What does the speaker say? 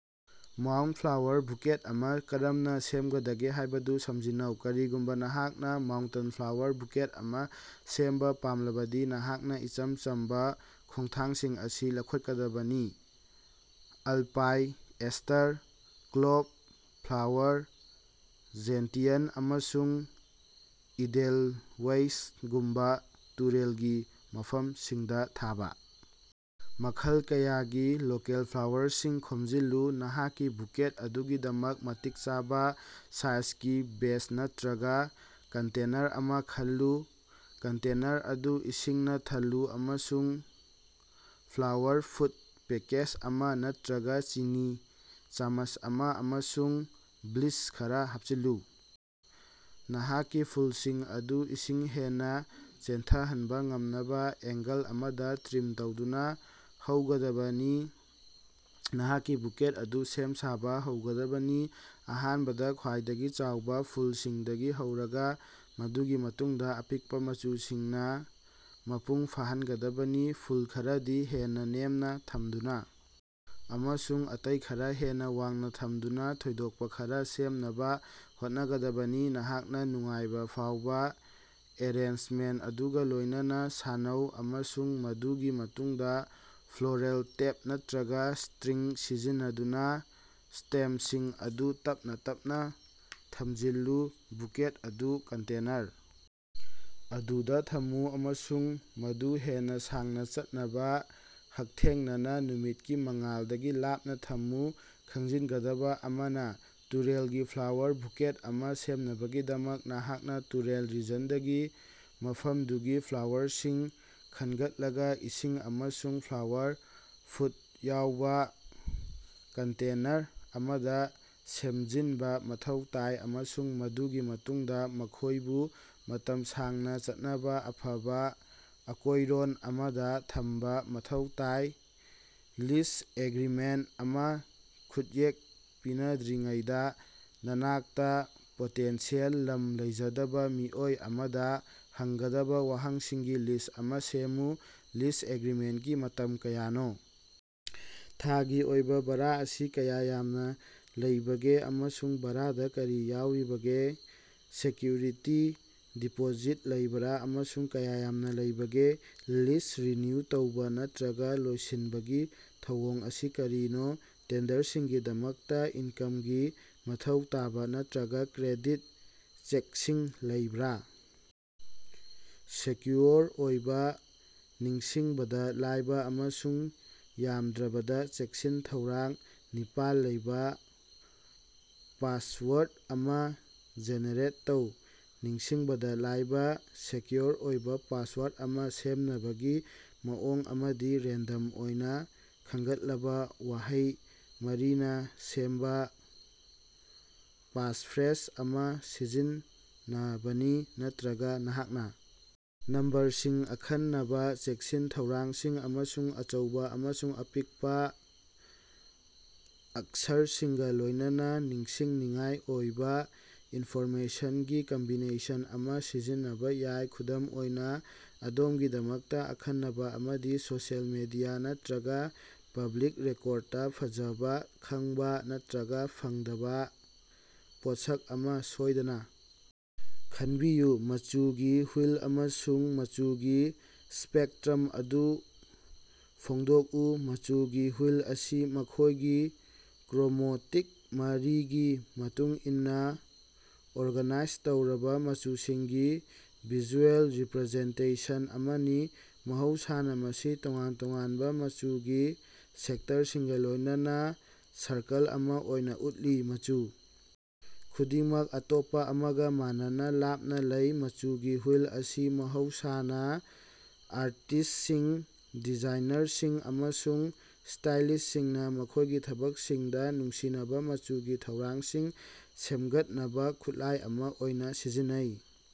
Mount flower bucket ꯑꯃ ꯀꯔꯝꯅ ꯁꯦꯝꯒꯗꯒꯦ ꯍꯥꯏꯕꯗꯨ ꯁꯝꯖꯤꯟꯅꯧ꯫ ꯀꯔꯤꯒꯨꯝꯕ ꯅꯍꯥꯛꯅ ꯃꯥꯎꯟꯇꯟ ꯐ꯭ꯂꯥꯋꯔ ꯕꯨꯀꯦꯠ ꯑꯃ ꯁꯦꯝꯕ ꯄꯥꯝꯂꯕꯗꯤ, ꯅꯍꯥꯛꯅ ꯏꯆꯝ ꯆꯝꯕ ꯈꯣꯡꯊꯥꯡꯁꯤꯡ ꯑꯁꯤ ꯂꯧꯈꯠꯀꯗꯕꯅꯤ: alpine aster, globe flower, gentian, ꯑꯃꯁꯨꯡ ꯏꯗꯦꯜꯋꯦꯏꯁꯒꯨꯝꯕ ꯇꯨꯔꯦꯜ ꯒꯤ ꯃꯐꯝꯁꯤꯡꯗ ꯊꯥꯕ ꯃꯈꯜ ꯀꯌꯥꯒꯤ ꯂꯣꯀꯦꯜ ꯐ꯭ꯂꯥꯋꯔꯁꯤꯡ ꯈꯣꯝꯖꯤꯜꯂꯨ꯫ ꯅꯍꯥꯛꯀꯤ ꯕꯨꯀꯦꯠ ꯑꯗꯨꯒꯤꯗꯃꯛ ꯃꯇꯤꯛ ꯆꯥꯕ ꯁꯥꯏꯖꯒꯤ ꯚꯦꯖ ꯅꯠꯇ꯭ꯔꯒ ꯀꯟꯇꯦꯅꯔ ꯑꯃ ꯈꯜꯂꯨ꯫ ꯀꯟꯇꯦꯅꯔ ꯑꯗꯨ ꯏꯁꯤꯡꯅ ꯊꯜꯂꯨ ꯑꯃꯁꯨꯡ ꯐ꯭ꯂꯥꯋꯔ ꯐꯨꯗ ꯄꯦꯀꯦꯖ ꯑꯃ ꯅꯠꯇ꯭ꯔꯒ ꯆꯤꯅꯤ ꯆꯥꯃꯆ ꯑꯃ ꯑꯃꯁꯨꯡ ꯕ꯭ꯂꯤꯆ ꯈꯔ ꯍꯥꯞꯆꯤꯜꯂꯨ꯫ ꯅꯍꯥꯛꯀꯤ ꯐꯨꯜꯁꯤꯡ ꯑꯗꯨ ꯏꯁꯤꯡ ꯍꯦꯟꯅ ꯆꯦꯟꯊꯍꯟꯕ ꯉꯝꯅꯕ ꯑꯦꯡꯒꯜ ꯑꯃꯗ ꯇ꯭ꯔꯤꯝ ꯇꯧꯗꯨꯅ ꯍꯧꯒꯗꯕꯅꯤ꯫ ꯅꯍꯥꯛꯀꯤ ꯕꯨꯀꯦꯠ ꯑꯗꯨ ꯁꯦꯝ-ꯁꯥꯕ ꯍꯧꯒꯗꯕꯅꯤ, ꯑꯍꯥꯟꯕꯗ ꯈ꯭ꯋꯥꯏꯗꯒꯤ ꯆꯥꯎꯕ ꯐꯨꯜꯁꯤꯡꯗꯒꯤ ꯍꯧꯔꯒ, ꯃꯗꯨꯒꯤ ꯃꯇꯨꯡꯗ ꯑꯄꯤꯛꯄ ꯃꯆꯨꯁꯤꯡꯅ ꯃꯄꯨꯡ ꯐꯥꯍꯟꯒꯗꯕꯅꯤ꯫ ꯐꯨꯜ ꯈꯔꯗꯤ ꯍꯦꯟꯅ ꯅꯦꯝꯅ ꯊꯝꯗꯨꯅ ꯑꯃꯁꯨꯡ ꯑꯇꯩ ꯈꯔ ꯍꯦꯟꯅ ꯋꯥꯡꯅ ꯊꯝꯗꯨꯅ ꯊꯣꯏꯗꯣꯛꯄ ꯈꯔ ꯁꯦꯝꯅꯕ ꯍꯣꯠꯅꯒꯗꯕꯅꯤ꯫ ꯅꯍꯥꯛꯅ ꯅꯨꯡꯉꯥꯏꯕ ꯐꯥꯎꯕ ꯑꯦꯔꯦꯟꯖꯃꯦꯟꯠ ꯑꯗꯨꯒ ꯂꯣꯏꯅꯅ ꯁꯥꯟꯅꯧ, ꯑꯃꯁꯨꯡ ꯃꯗꯨꯒꯤ ꯃꯇꯨꯡꯗ ꯐ꯭ꯂꯣꯔꯜ ꯇꯦꯞ ꯅꯠꯇ꯭ꯔꯒ ꯁ꯭ꯇꯔꯤꯡ ꯁꯤꯖꯤꯟꯅꯗꯨꯅ ꯁ꯭ꯇꯦꯝꯁꯤꯡ ꯑꯗꯨ ꯇꯞꯅ ꯇꯞꯅ ꯊꯝꯖꯤꯜꯂꯨ꯫ ꯕꯨꯀꯦꯠ ꯑꯗꯨ ꯀꯟꯇꯦꯅꯔ ꯑꯗꯨꯗ ꯊꯝꯃꯨ ꯑꯃꯁꯨꯡ ꯃꯗꯨ ꯍꯦꯟꯅ ꯁꯥꯡꯅ ꯆꯠꯅꯕ ꯍꯛꯊꯦꯡꯅꯅ ꯅꯨꯃꯤꯠꯀꯤ ꯃꯉꯥꯜꯗꯒꯤ ꯂꯥꯞꯅ ꯊꯝꯃꯨ꯫ ꯈꯪꯖꯤꯟꯒꯗꯕ ꯑꯃꯅ, ꯇꯨꯔꯦꯜꯒꯤ ꯐ꯭ꯂꯥꯋꯔ ꯕꯨꯀꯦꯠ ꯑꯃ ꯁꯦꯝꯅꯕꯒꯤꯗꯃꯛ, ꯅꯅꯥꯛꯇ ꯇꯨꯔꯦꯜ ꯔꯤꯖꯟꯗꯒꯤ ꯃꯐꯝꯗꯨꯒꯤ ꯐ꯭ꯂꯥꯋꯔꯁꯤꯡ ꯈꯟꯒꯠꯂꯒ ꯏꯁꯤꯡ ꯑꯃꯁꯨꯡ ꯐ꯭ꯂꯥꯋꯔ ꯐꯨꯗ ꯌꯥꯎꯕ ꯀꯟꯇꯦꯅꯔ ꯑꯃꯗ ꯁꯦꯝꯖꯤꯟꯕ ꯃꯊꯧ ꯇꯥꯏ, ꯑꯃꯁꯨꯡ ꯃꯗꯨꯒꯤ ꯃꯇꯨꯡꯗ ꯃꯈꯣꯏꯕꯨ ꯃꯇꯝ ꯁꯥꯡꯅ ꯆꯠꯅꯕ ꯑꯐꯕ ꯑꯀꯣꯏꯔꯣꯟ ꯑꯃꯗ ꯊꯝꯕ ꯃꯊꯧ ꯇꯥꯏ꯫ ꯂꯤꯖ ꯑꯦꯒ꯭ꯔꯤꯃꯦꯟꯠ ꯑꯃ ꯈꯨꯠꯌꯦꯛ ꯄꯤꯅꯗ꯭ꯔꯤꯉꯩꯗ ꯅꯍꯥꯛꯅ ꯄꯣꯇꯦꯟꯁꯤꯑꯦꯜ ꯂꯝ ꯂꯩꯖꯗꯕ ꯃꯤꯑꯣꯏ ꯑꯃꯗ ꯍꯪꯒꯗꯕ ꯋꯥꯍꯪꯁꯤꯡꯒꯤ ꯂꯤꯁꯠ ꯑꯃ ꯁꯦꯝꯃꯨ꯫ ꯂꯤꯖ ꯑꯦꯒ꯭ꯔꯤꯃꯦꯟꯠꯀꯤ ꯃꯇꯝ ꯀꯌꯥꯅꯣ? ꯊꯥꯒꯤ ꯑꯣꯏꯕ ꯚꯥꯔꯥ ꯑꯁꯤ ꯀꯌꯥ ꯌꯥꯝꯅ ꯂꯩꯕꯒꯦ ꯑꯃꯁꯨꯡ ꯚꯥꯔꯥꯗ ꯀꯔꯤ ꯌꯥꯎꯔꯤꯕꯒꯦ? ꯁꯦꯀ꯭ꯌꯨꯔꯤꯇꯤ ꯗꯤꯄꯣꯖꯤꯠ ꯂꯩꯕꯔꯥ ꯑꯃꯁꯨꯡ ꯀꯌꯥ ꯌꯥꯝꯅ ꯂꯩꯕꯒꯦ? ꯂꯤꯖ ꯔꯤꯅ꯭ꯌꯨ ꯇꯧꯕ ꯅꯠꯇ꯭ꯔꯒ ꯂꯣꯏꯁꯤꯟꯕꯒꯤ ꯊꯧꯑꯣꯡ ꯑꯁꯤ ꯀꯔꯤꯅꯣ? ꯇꯦꯟꯗꯔꯁꯤꯡꯒꯤꯗꯃꯛꯇ ꯏꯟꯀꯝꯒꯤ ꯃꯊꯧ ꯇꯥꯕ ꯅꯠꯇ꯭ꯔꯒ ꯀ꯭ꯔꯦꯗꯤꯠ ꯆꯦꯛꯁꯤꯡ ꯂꯩꯕꯔꯥ? ꯁꯦꯀ꯭ꯌꯨꯑꯣꯔ ꯑꯣꯏꯕ, ꯅꯤꯡꯁꯤꯡꯕꯗ ꯂꯥꯏꯕ ꯑꯃꯁꯨꯡ ꯌꯥꯝꯗ꯭ꯔꯕꯗ ꯆꯦꯛꯁꯤꯟ-ꯊꯧꯔꯥꯡ ꯅꯤꯄꯥꯜ ꯂꯩꯕ ꯄꯥꯁꯋꯔꯗ ꯑꯃ ꯖꯦꯅꯦꯔꯦꯠ ꯇꯧ꯫ ꯅꯤꯡꯁꯤꯡꯕꯗ ꯂꯥꯏꯕ ꯁꯦꯀ꯭ꯌꯨꯑꯣꯔ ꯑꯣꯏꯕ ꯄꯥꯁꯋꯔꯗ ꯑꯃ ꯁꯦꯝꯅꯕꯒꯤ ꯃꯑꯣꯡ ꯑꯃꯗꯤ ꯔꯦꯟꯗꯝ ꯑꯣꯏꯅ ꯈꯟꯒꯠꯂꯕ ꯋꯥꯍꯩ ꯃꯔꯤꯅ ꯁꯦꯝꯕ ꯄꯥꯁꯐ꯭ꯔꯦꯖ ꯑꯃ ꯁꯤꯖꯤꯟꯅꯕꯅꯤ꯫ ꯅꯠꯇ꯭ꯔꯒ, ꯅꯍꯥꯛꯅ ꯅꯝꯕꯔꯁꯤꯡ, ꯑꯈꯟꯅꯕ ꯆꯦꯛꯁꯤꯟ-ꯊꯧꯔꯥꯡꯁꯤꯡ, ꯑꯃꯁꯨꯡ ꯑꯆꯧꯕ ꯑꯃꯁꯨꯡ ꯑꯄꯤꯛꯄ ꯑꯛꯁꯔꯁꯤꯡꯒ ꯂꯣꯏꯅꯅ ꯅꯤꯡꯁꯤꯡꯅꯤꯡꯉꯥꯏ ꯑꯣꯏꯕ ꯏꯟꯐꯣꯔꯃꯦꯁꯟꯒꯤ ꯀꯝꯕꯤꯅꯦꯁꯟ ꯑꯃ ꯁꯤꯖꯤꯟꯅꯕ ꯌꯥꯏ꯫ ꯈꯨꯗꯝ ꯑꯣꯏꯅ, ꯑꯗꯣꯝꯒꯤꯗꯃꯛꯇ ꯑꯈꯟꯅꯕ ꯑꯃꯗꯤ ꯁꯣꯁꯤꯌꯦꯜ ꯃꯤꯗꯤꯌꯥ ꯅꯠꯇ꯭ꯔꯒ ꯄꯕ꯭ꯂꯤꯛ ꯔꯦꯀꯣꯔꯗꯇ ꯐꯖꯕ ꯈꯪꯕ ꯅꯠꯇ꯭ꯔꯒ ꯐꯪꯗꯕ ꯄꯣꯠꯁꯛ ꯑꯃ ꯁꯣꯏꯗꯅ ꯈꯟꯕꯤꯌꯨ꯫ ꯃꯆꯨꯒꯤ ꯍꯨꯏꯜ ꯑꯃꯁꯨꯡ ꯃꯆꯨꯒꯤ ꯁ꯭ꯄꯦꯛꯇ꯭ꯔꯝ ꯑꯗꯨ ꯐꯣꯡꯗꯣꯛꯎ꯫ ꯃꯆꯨꯒꯤ ꯍꯨꯏꯜ ꯑꯁꯤ ꯃꯈꯣꯏꯒꯤ ꯀ꯭ꯔꯣꯃꯣꯇꯤꯛ ꯃꯔꯤꯒꯤ ꯃꯇꯨꯡ ꯏꯟꯅ ꯑꯣꯔꯒꯅꯥꯏꯖ ꯇꯧꯔꯕ ꯃꯆꯨꯁꯤꯡꯒꯤ ꯚꯤꯖꯨꯑꯦꯜ ꯔꯤꯄ꯭ꯔꯖꯦꯟꯇꯦꯁꯟ ꯑꯃꯅꯤ꯫ ꯃꯍꯧꯁꯥꯅ ꯃꯁꯤ ꯇꯣꯉꯥꯟ-ꯇꯣꯉꯥꯟꯕ ꯃꯆꯨꯒꯤ ꯁꯦꯛꯇꯔꯁꯤꯡꯒ ꯂꯣꯏꯅꯅ ꯁꯔꯀꯜ ꯑꯃ ꯑꯣꯏꯅ ꯎꯠꯂꯤ, ꯃꯆꯨ ꯈꯨꯗꯤꯡꯃꯛ ꯑꯇꯣꯞꯄ ꯑꯃꯒ ꯃꯥꯟꯅꯅ ꯂꯥꯞꯅ ꯂꯩ꯫ ꯃꯆꯨꯒꯤ ꯍꯨꯏꯜ ꯑꯁꯤ ꯃꯍꯧꯁꯥꯅ ꯑꯥꯔꯇꯤꯁꯁꯤꯡ, ꯗꯤꯖꯥꯏꯅꯔꯁꯤꯡ ꯑꯃꯁꯨꯡ ꯁ꯭ꯇꯥꯏꯂꯤꯁꯁꯤꯡꯅ ꯃꯈꯣꯏꯒꯤ ꯊꯕꯛꯁꯤꯡꯗ ꯅꯨꯡꯁꯤꯅꯕ ꯃꯆꯨꯒꯤ ꯊꯧꯔꯥꯡꯁꯤꯡ ꯁꯦꯝꯒꯠꯅꯕ ꯈꯨꯠꯂꯥꯏ ꯑꯃ ꯑꯣꯏꯅ ꯁꯤꯖꯤꯟꯅꯩ꯫